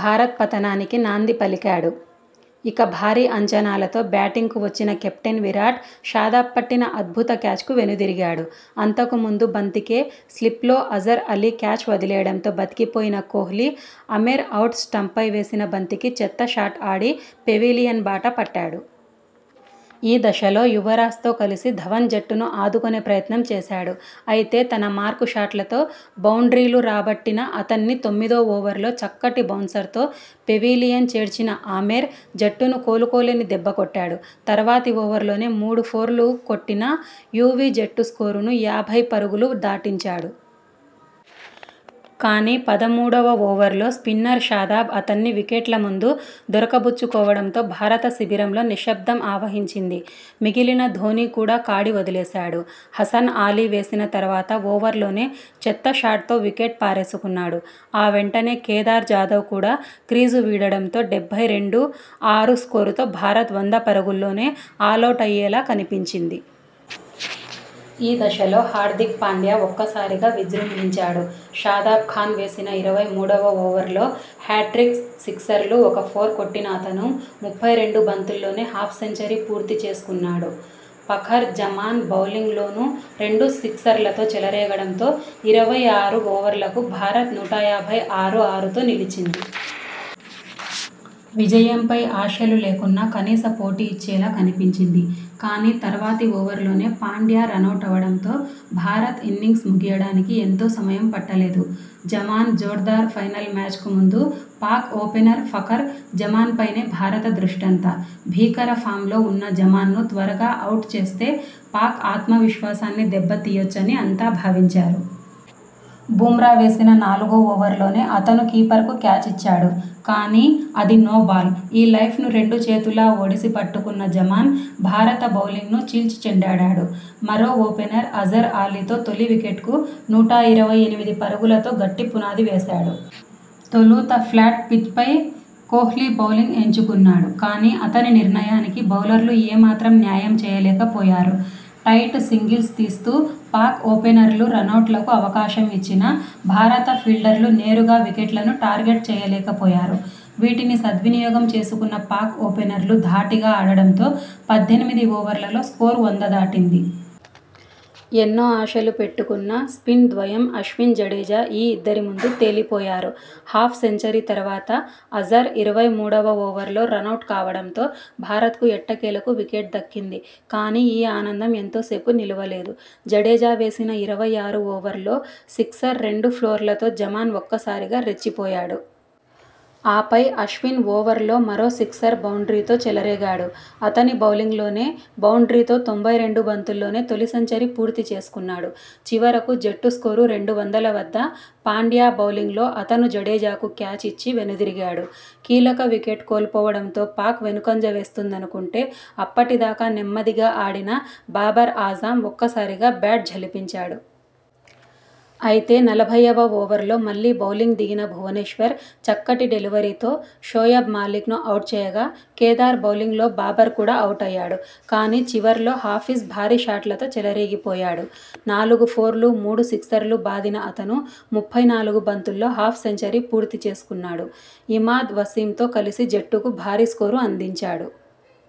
భారత్ పతనానికి నాంది పలికాడు. ఇక, భారీ అంచనాలతో బ్యాటింగ్కు వచ్చిన కెప్టెన్ విరాట్.. షాదాబ్ పట్టిన అద్భుత క్యాచ్కు వెనుదిరిగాడు. అంతకు ముందు బంతికే స్లిప్లో అజర్ అలీ క్యాచ్ వదిలేయడంతో బతికి పోయిన కోహ్లీ, ఆమెర్ అవుట్ స్టంప్పై వేసిన బంతికి చెత్త షాట్ ఆడి పెవిలియన్ బాట పట్టాడు. ఈ దశలో యువరాజ్ తో కలిసి ధవన్ జట్టును ఆదుకునే ప్రయత్నం చేశాడు. అయితే, తన మార్కు షాట్లతో బౌండ్రీలు రాబట్టిన అతణ్ణి తొమ్మిదో ఓవర్లో చక్కటి బౌన్సర్తో పెవిలియన్ చేర్చిన ఆమెర్ జట్టును కోలుకోలేని దెబ్బ కొట్టాడు. తర్వాతి ఓవర్లోనే మూడు ఫోర్లు కొట్టిన యువీ, జట్టు స్కోరును యాభై పరుగులు దాటించాడు. కానీ, పదమూడువ ఓవర్లో స్పిన్నర్ షాదాబ్, అతణ్ణి వికెట్ల ముందు దొరకబుచ్చు కోవడంతో భారత శిబిరంలో నిశ్శబ్దం ఆవహించింది. మిగిలిన ధోనీ కూడా కాడి వదిలేశాడు. హసన్ అలీ వేసిన తర్వాతి ఓవర్లోనే చెత్త షాట్తో వికెట్ పారేసుకున్నాడు. ఆ వెంటనే కేదార్ జాదవ్ కూడా క్రీజు వీడడంతో డెబ్బై రెండు, ఆరు స్కోరుతో భారత్ వంద పరుగుల్లోనే ఆలౌటయ్యేలా కనిపించింది. ఈ దశలో హార్దిక్ పాండ్యా ఒక్క సారిగా విజృంభించాడు. షాదాబ్ ఖాన్ వేసిన ఇరవై మూడువ ఓవర్లో హ్యాట్రిక్ సిక్సర్లు, ఒక ఫోర్ కొట్టిన అతను ముప్పై రెండు బంతుల్లోనే హాఫ్ సెంచరీ పూర్తి చేసుకున్నాడు. ఫఖర్ జమాన్ బౌలింగ్లోనూ రెండు సిక్సర్లతో చెలరేగడంతో ఇరవై ఆరు ఓవర్లకు భారత్ నూట యాభై ఆరు, ఆరుతో నిలిచింది. విజయంపై ఆశలు లేకున్నా, కనీస పోటీ ఇచ్చేలా కనిపించింది. కానీ, తర్వాతి ఓవర్లోనే పాండ్యా రనౌటవడంతో భారత్ ఇన్నింగ్స్ ముగియడానికి ఎంతో సమయం పట్ట లేదు. జమాన్ జోర్దార్, ఫైనల్ మ్యాచ్కు ముందు పాక్ ఓపెనర్ ఫఖర్ జమాన్పైనే భారత దృష్టంతా. భీకర ఫామ్లో ఉన్న జమాన్ను త్వరగా అవుట్ చేస్తే పాక్ ఆత్మ విశ్వాసాన్ని దెబ్బ తీయొచ్చని అంతా భావించారు. బుమ్రా వేసిన నాలుగో ఓవర్లోనే అతను కీపర్కు క్యాచ్ ఇచ్చాడు. కానీ, అది నోబాల్. ఈ లైఫ్ను రెండు చేతులా ఒడిసి పట్టుకున్న జమాన్, భారత బౌలింగ్ను చీల్చి చెండాడాడు. మరో ఓపెనర్ అజర్ అలీతో తొలి వికెట్కు నూట ఇరవై ఎనిమిది పరుగులతో గట్టి పునాది వేశాడు. తొలుత ఫ్లాట్ పిచ్పై కోహ్లీ బౌలింగ్ ఎంచుకున్నాడు. కానీ, అతని నిర్ణయానికి బౌలర్లు ఏ మాత్రం న్యాయం చేయలేక పోయారు. టైట్ సింగిల్స్ తీస్తూ పాక్ ఓపెనర్లు రనౌట్లకు అవకాశం ఇచ్చినా, భారత ఫీల్డర్లు నేరుగా వికెట్లను టార్గెట్ చేయలేకపోయారు. వీటిని సద్వినియోగం చేసుకు న్న పాక్ ఓపెనర్లు ధాటిగా ఆడడంతో పద్దెనిమిది ఓవర్లలో స్కోరు వంద దాటింది. ఎన్నో ఆశలు పెట్టుకున్న స్పిన్ ద్వయం అశ్విన్, జడేజా ఈ ఇద్దరి ముందు తేలి పోయారు. హాఫ్ సెంచరీ తర్వాత అజర్, ఇరవై మూడువ ఓవర్లో రనౌట్ కావడంతో భారత్కు ఎట్టకేలకు వికెట్ దక్కింది. కానీ, ఈ ఆనందం ఎంతో సేపు నిలువలేదు. జడేజా వేసిన ఇరవై ఆరు ఓవర్లో సిక్సర్, రెండు ఫోర్లతో జమాన్ ఒక్క సారిగా రెచ్చి పోయాడు. ఆపై, అశ్విన్ ఓవర్లో మరో సిక్సర్, బౌండ్రీతో చెలరేగాడు. అతని బౌలింగ్లోనే బౌండ్రీతో తొంభై రెండు బంతుల్లోనే తొలి సెంచరీ పూర్తి చేసుకున్నాడు. చివరకు జట్టు స్కోరు రెండు వందల వద్ద పాండ్యా బౌలింగ్లో అతను జడేజాకు క్యాచ్ ఇచ్చి వెను దిరిగాడు. కీలక వికెట్ కోల్పోవడంతో పాక్ వెనుకంజ వేస్తుందనుకుంటే, అప్పటి దాకా నెమ్మదిగా ఆడిన బాబర్ ఆజమ్ ఒక్క సారిగా బ్యాట్ ఝుళిపించాడు. అయితే, నలభైవ ఓవర్లో మళ్లీ బౌలింగ్ దిగిన భువనేశ్వర్ చక్కటి డెలివరీతో షోయబ్ మాలిక్ ను అవుట్ చేయగా, కేదార్ బౌలింగ్లో బాబర్ కూడా అవుటయ్యాడు. కానీ, చివర్లో హఫీజ్ భారీ షాట్లతో చెలరేగి పోయాడు. నాలుగు ఫోర్లు, మూడు సిక్సర్లు బాదిన అతను ముప్పై నాలుగు బంతుల్లో హాఫ్ సెంచరీ పూర్తి చేసుకున్నాడు. ఇమాద్ వసీం తో కలిసి జట్టుకు భారీ స్కోరు అందించాడు.